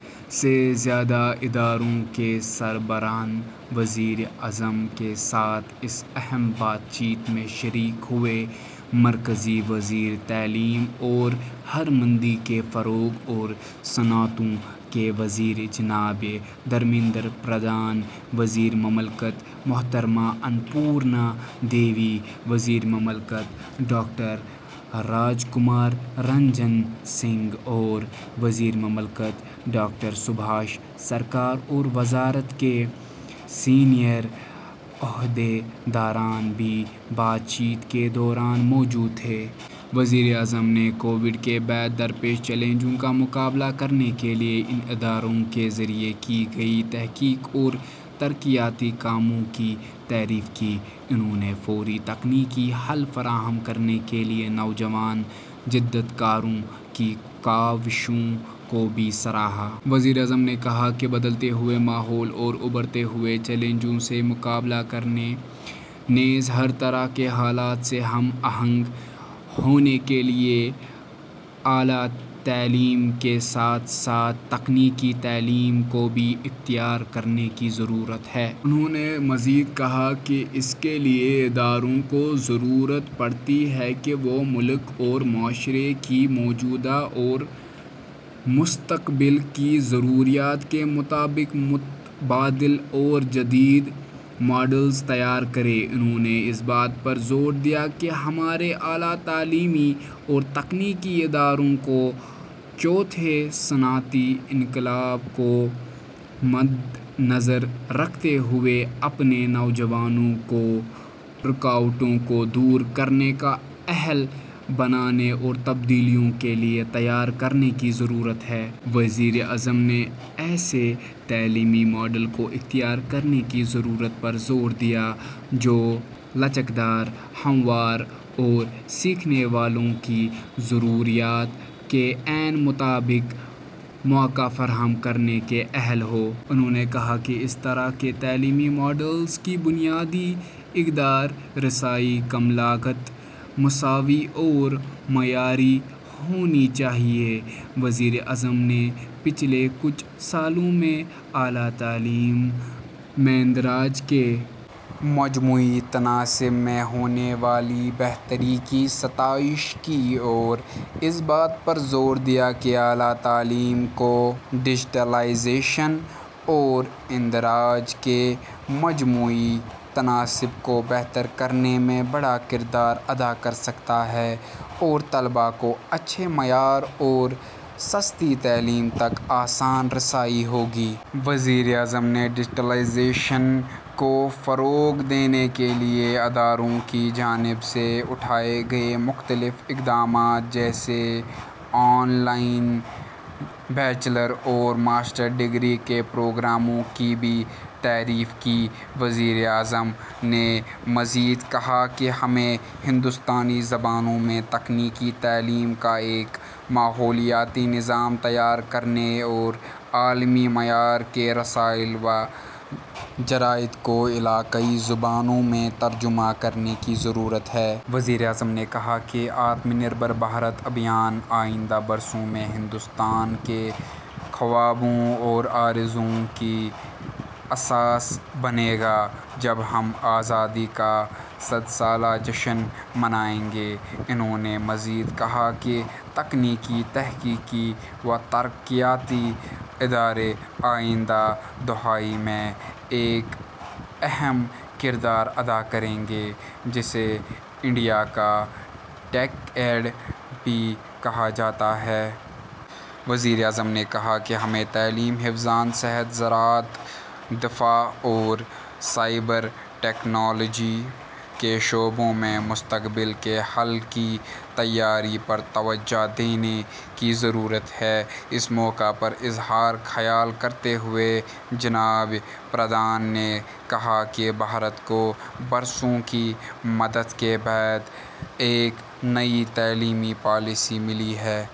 سے زیادہ اداروں کے سربراہانوزیر اعظم کے ساتھ اس اہم بات چیت میں شریک ہوئے۔ مرکزی وزیر تعلیم اور ہرمندی کے فروغ اور صنعتوں کے وزیر جناب دھرمیندر پردھان ، وزیر مملکت محترمہ انپورنا دیوی، وزیرمملکت ڈاکٹر راج کمار رنجن سنگھ اور وزیر مملکت ڈاکٹر سبھاش سرکار اور وزارت کے سینئر عہدیداران بھی بات چیت کے دوران موجود تھے۔ وزیر اعظم نے کووڈ کے بعد درپیش چیلنجوں کا مقابلہ کرنے کے لئے ان اداروں کے ذریعہکی گئی تحقیق اور ترقیاتی کاموں کی تعریف کی۔ انہوں نے فوری تکنیکی حل فراہم کرنے کے لئے نوجوان جدت کاروں کی کاوشوں کو بھی سراہا۔ وزیر اعظم نے کہا کہ بدلتے ہوئے ماحول اور ابھرتے ہوئے چیلنجوں سے مقابلہ کرنے نیز ہر طرح کے حالات سے ہم آہنگ ہونے کے لئے اعلی تعلیمکے ساتھ ساتھ تکنیکی تعلیم کوبھی اختیار کرنے کی ضرورت ہے۔ انہوں نے مزید کہا کہ اس کے لئے اداروں کو ضرورت پڑتی ہے کہ وہ ملک اور معاشرے کی موجودہ اور مستقبل کی ضروریات کے مطابق متبادل اور جدید ماڈلز تیار کریں۔ انہوں نے اس بات پر زور دیا کہ ہمارے اعلی تعلیمی اور تکنیکی اداروں کو چوتھے صنعتی انقلاب کو مدنظر رکھتے ہوئے اپنے نوجوانوں کورکاوٹوں کو دور کرنے کا اہل بنانےاور تبدیلیوں کے لئے تیار کرنے کی ضرورت ہے۔ وزیر اعظم نے ایسے تعلیمی ماڈل کو اختیار کرنے کی ضرورت پر زور دیا جو لچکدار ، ہموار ، اور سیکھنے والوں کی ضروریات کے عین مطابق مواقع فراہم کرنے کے اہل ہوں۔ انہوں نے کہا کہ اس طرح کے تعلیمی ماڈلز کی بنیادی اقدار رسائی ، کم لاگت ، مساوی اور معیاری ہونی چاہئے۔ وزیر اعظم نے پچھلے کچھ سالوں میں اعلی تعلیم میںاندراج کے مجموعی تناسب میں ہونے والی بہتریکی ستائش کی اور اس بات پر زور دیا کہ اعلی تعلیم کو ڈیجیٹلائزیشن اوراندراج کے مجموعی تناسب کو بہتر کرنے میں بڑا کردار ادا کرسکتاہے اور طلباء کو اچھے معیار اور سستی تعلیم تک آسان رسائی ہوگی۔ وزیر اعظم نے ڈیجیٹلائزیشنکو فروغ دینے کے لئے اداروں کی جانب سے اٹھائے گئے مختلف اقدامات جیسے آن لائن بیچلر اور ماسٹر ڈگری کے پروگراموں کی بھی تعریف کی۔ وزیر اعظم نے مزید کہا کہ ہمیں ہندوستانی زبانوں میں تکنیکی تعلیم کا ایک ماحولیاتی نظام تیار کرنے اور عالمی معیار کے رسائل و جرائد کو علاقائی زبانوں میں ترجمہ کرنے کی ضرورت ہے۔ وزیر اعظم نے کہا کہ 'آتم نربھر بھارت ابھیان'آئندہ برسوں میں ہندوستان کے خوابوں اور آرزوؤں کی اساس بنے گا جب ہم آزادی کا صد سالہ جشن منائیں گے۔ انہوں نے مزید کہا کہ تکنیکی ، تحقیقی وترقیاتی ادارے آئندہ دہائی میں ایک اہم کردار ادا کریں گے ، جسے ''انڈیا کا ٹیک ایڈ'' بھی کہا جاتا ہے۔ وزیر اعظم نے کہا کہ ہمیں تعلیم ، حفظان صحت ، زراعت ، دفاع ، اور سائبر ٹیکنالوجی کے شعبوں میں مستقبل کے حل کی تیاری پر توجہ دینے کی ضرورت ہے۔ اس موقع پر اظہار خیال کرتے ہوئے جناب پردھان نے کہا کہ بھارت کو برسوں کی مدت کے بعد ایک نئی تعلیمی پالیسی ملی ہے۔